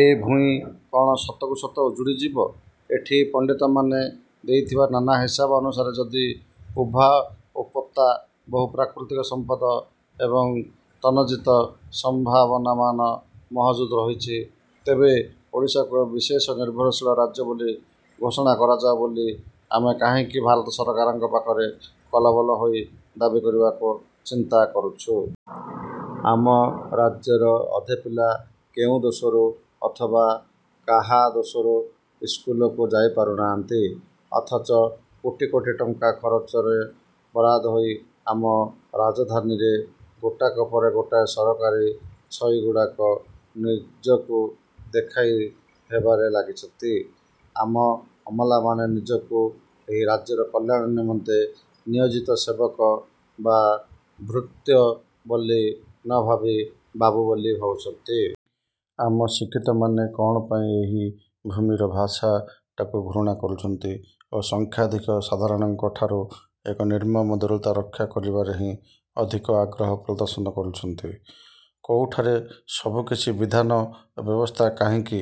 ଏ ଭୂଇଁ କ'ଣ ସତକୁ ସତ ଉଜୁଡ଼ି ଯିବ? ଏଠି ପଣ୍ଡିତମାନେ ଦେଉଥିବା ନାନା ହିସାବ ଅନୁସାରେ ଯଦି ଉଭା ଓ ପୋତା ବହୁ ପ୍ରାକୃତିକ ସମ୍ପଦ ଏବଂ ତଜନିତ ସମ୍ଭାବନାମାନ ମହଜୁଦ ରହିଛନ୍ତି, ତେବେ ଓଡ଼ିଶାକୁ ଏକ ବିଶେଷ ନିର୍ଭରଶୀଳ ରାଜ୍ୟ ବୋଲି ଘୋଷଣା କରାଯାଉ ବୋଲି ଆମେ କାହିଁକି ଭାରତ ସରକାରଙ୍କ ପାଖରେ କଲବଲ ହୋଇ ଦାବି କରିବାକୁ ଚିନ୍ତା କରୁଛୁ? ଆମ ରାଜ୍ୟର ଅଧେ ପିଲା କେଉଁ ଦୋଷରୁ ଅଥବା କାହା ଦୋଷରୁ ଇସ୍କୁଲକୁ ଯାଇ ପାରୁନାହାନ୍ତି? ଅଥଚ କୋଟି କୋଟି ଟଙ୍କା ଖରଚର ବରାଦ ହୋଇ ଆମ ରାଜଧାନୀରେ ଗୋଟାକ ପରେ ଗୋଟାଏ ସରକାରୀ ଛଇଗୁଡ଼ାକ ନିଜକୁ ଦେଖାଇ ହେବାରେ ଲାଗିଛନ୍ତି? ଆମ ଅମଲାମାନେ ନିଜକୁ ଏହି ରାଜ୍ୟର କଲ୍ୟାଣ ନିମନ୍ତେ ନିୟୋଜିତ ସେବକ ବା ଭୃତ୍ୟ ବୋଲି ନଭାବି ବାବୁ ବୋଲି ଭାବୁଛନ୍ତି? ଆମ ଶିକ୍ଷିତମାନେ କ'ଣ ପାଇଁ ଏହି ଭୂମିର ଭାଷାଟାକୁ ଘୃଣା କରୁଛନ୍ତି ଓ ସଂଖ୍ୟାଧିକ ସାଧାରଣଙ୍କଠାରୁ ଏକ ନିର୍ମମ ଦୂରତା ରକ୍ଷା କରିବାରେ ହିଁ ଅଧିକ ଆଗ୍ରହ ପ୍ରଦର୍ଶନ କରୁଛନ୍ତି? କୋଉଠାରେ ସବୁକିଛି ବିଧାନ ଓ ବ୍ୟବସ୍ଥା କାହିଁକି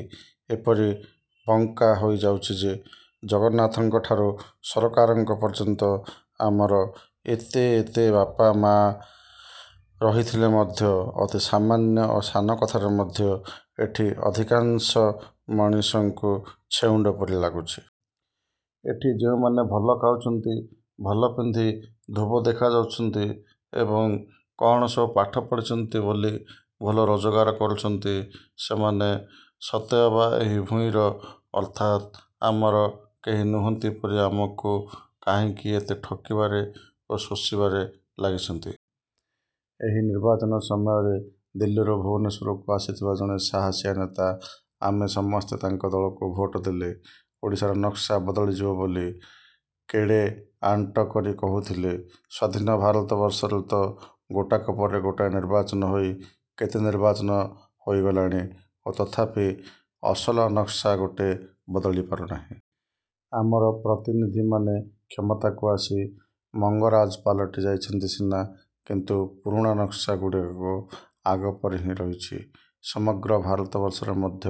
ଏପରି ବଙ୍କା ହୋଇଯାଉଛି ଯେ, ଜଗନ୍ନାଥଙ୍କଠାରୁ ସରକାରଙ୍କ ପର୍ଯ୍ୟନ୍ତ ଆମର ଏତେ ଏତେ ବାପମାଆ ରହିଥିଲେ ମଧ୍ୟ ଅତି ସାମାନ୍ୟ ଓ ସାନ କଥାରେ ମଧ୍ୟ ଏଠି ଅଧିକାଂଶ ମଣିଷଙ୍କୁ ଛେଉଣ୍ଡ ପରି ଲାଗୁଛି? ଏଠି ଯେଉଁମାନେ ଭଲ ଖାଉଛନ୍ତି, ଭଲ ପିନ୍ଧି ଧୋବ ଦେଖାଯାଉଛନ୍ତି ଏବଂ କ'ଣ ସବୁ ପାଠ ପଢ଼ିଛନ୍ତି ବୋଲି ଭଲ ରୋଜଗାର କରୁଛନ୍ତି, ସେମାନେ ସତେଅବା ଏହି ଭୂଇଁର ଅର୍ଥାତ୍ ଆମର କେହି ନୁହନ୍ତି ପରି ଆମକୁ କାହିଁକି ଏତେ ଠକିବାରେ ଓ ଶୋଷିବାରେ ଲାଗିଛନ୍ତି? ଏହି ନିର୍ବାଚନ ସମୟରେ ଦିଲ୍ଲୀରୁ ଭୁବନେଶ୍ୱରକୁ ଆସିଥିବା ଜଣେ ସାହସିଆ ନେତା ଆମେ ସମସ୍ତେ ତାଙ୍କ ଦଳକୁ ଭୋଟ ଦେଲେ ଓଡ଼ିଶାର ନକ୍ସା ବଦଳିଯିବ ବୋଲି କେଡ଼େ ଆଣ୍ଟ କରି କହୁଥିଲେ। ସ୍ୱାଧୀନ ଭାରତବର୍ଷରେ ତ ଗୋଟାକ ପରେ ଗୋଟାଏ ନିର୍ବାଚନ ହୋଇ କେତେ ନିର୍ବାଚନ ହୋଇଗଲାଣି ଓ ତଥାପି ଅସଲ ନକ୍ସା ମୋଟେ ବଦଳି ପାରୁନାହିଁ। ଆମର ପ୍ରତିନିଧିମାନେ କ୍ଷମତାକୁ ଆସି ମଙ୍ଗରାଜ ପାଲଟି ଯାଇଛନ୍ତି ସିନା, କିନ୍ତୁ ପୁରୁଣା ନକ୍ସା ଗୁଡ଼ାକ ଆଗପରି ହିଁ ରହିଛି। ସମଗ୍ର ଭାରତବର୍ଷରେ ମଧ୍ୟ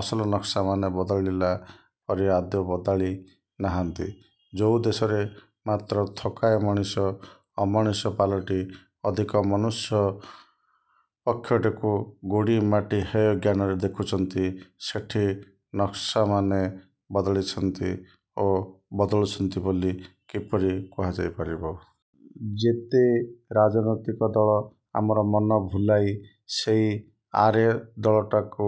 ଅସଲ ନକ୍ସାମାନେ ବଦଳିଲା ପରି ଆଦୌ ବଦଳି ନାହାନ୍ତି। ଯୋଉ ଦେଶରେ ମାତ୍ର ଥୋକାଏ ମଣିଷ ଅମଣିଷ ପାଲଟି ଅଧିକ ମନୁଷ୍ୟପକ୍ଷଟିକୁ ଗୋଡ଼ିମାଟି ହେୟଜ୍ଞାନରେ ଦେଖୁଛନ୍ତି, ସେଠି ନକ୍ସାମାନେ ବଦଳିଛନ୍ତି ଓ ବଦଳୁଛନ୍ତି ବୋଲି କିପରି କୁହାଯାଇ ପାରିବ? ଯେତେ ରାଜନୀତିକ ଦଳ ଆମର ମନ ଭୁଲାଇ ସେଇ ଆର ଦଳଟାକୁ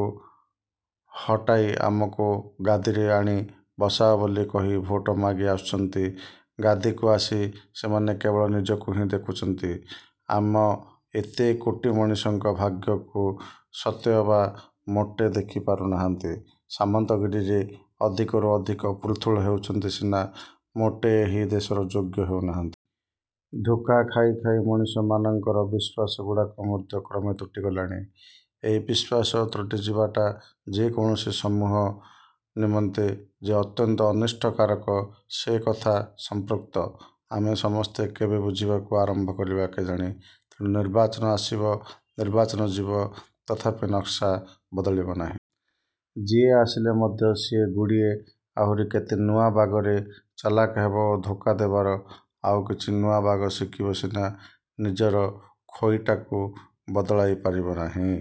ହଟାଇ ଆମକୁ ଗାଦୀରେ ଆଣି ବସାଅ ବୋଲି କହି ଭୋଟ ମାଗି ଆସୁଛନ୍ତି, ଗାଦୀକୁ ଆସି ସେମାନେ କେବଳ ନିଜକୁ ହିଁ ଦେଖୁଛନ୍ତି। ଆମ ଏତେ କୋଟି ମଣିଷଙ୍କ ଭାଗ୍ୟକୁ ସତେଅବା ମୋଟେ ଦେଖି ପାରୁନାହାନ୍ତି; ସାମନ୍ତଗିରିରେ ଅଧିକରୁ ଅଧିକ ପୃଥୁଳ ହେଉଛନ୍ତି ସିନା ମୋଟେ ଏହି ଦେଶର ଯୋଗ୍ୟ ହେଉନାହାନ୍ତି। ଧୋକା ଖାଇ ଖାଇ ମଣିଷମାନଙ୍କର ବିଶ୍ଵାସଗୁଡ଼ାକ ମଧ୍ୟ କ୍ରମେ ତୁଟି ଗଲାଣି। ଏହି ବିଶ୍ୱାସ ତୁଟିଯିବାଟା ଯେକୌଣସି ସମୂହ ନିମନ୍ତେ ଯେ ଅତ୍ୟନ୍ତ ଅନିଷ୍ଟକାରକ, ସେକଥା ସଂପୃକ୍ତ ଆମେ ସମସ୍ତେ କେବେ ବୁଝିବାକୁ ଆରମ୍ଭ କରିବା କେଜାଣି? ତେଣୁ ନିର୍ବାଚନ ଆସିବ, ନିର୍ବାଚନ ଯିବ, ତଥାପି ନକ୍ସା ବଦଳିବ ନାହିଁ। ଯିଏ ଆସିଲେ ମଧ୍ୟ ସିଏ ଗୁଡ଼ିଏ ଆହୁରି କେତେ ନୂଆ ବାଗରେ ଚଲାଖ ହେବ ଓ ଧୋକା ଦେବାର ଆଉ କିଛି ନୂଆ ବାଗ ଶିଖିବ ସିନା, ନିଜର ଖୋଇଟାକୁ ବଦଳାଇ ପାରିବ ନାହିଁ ।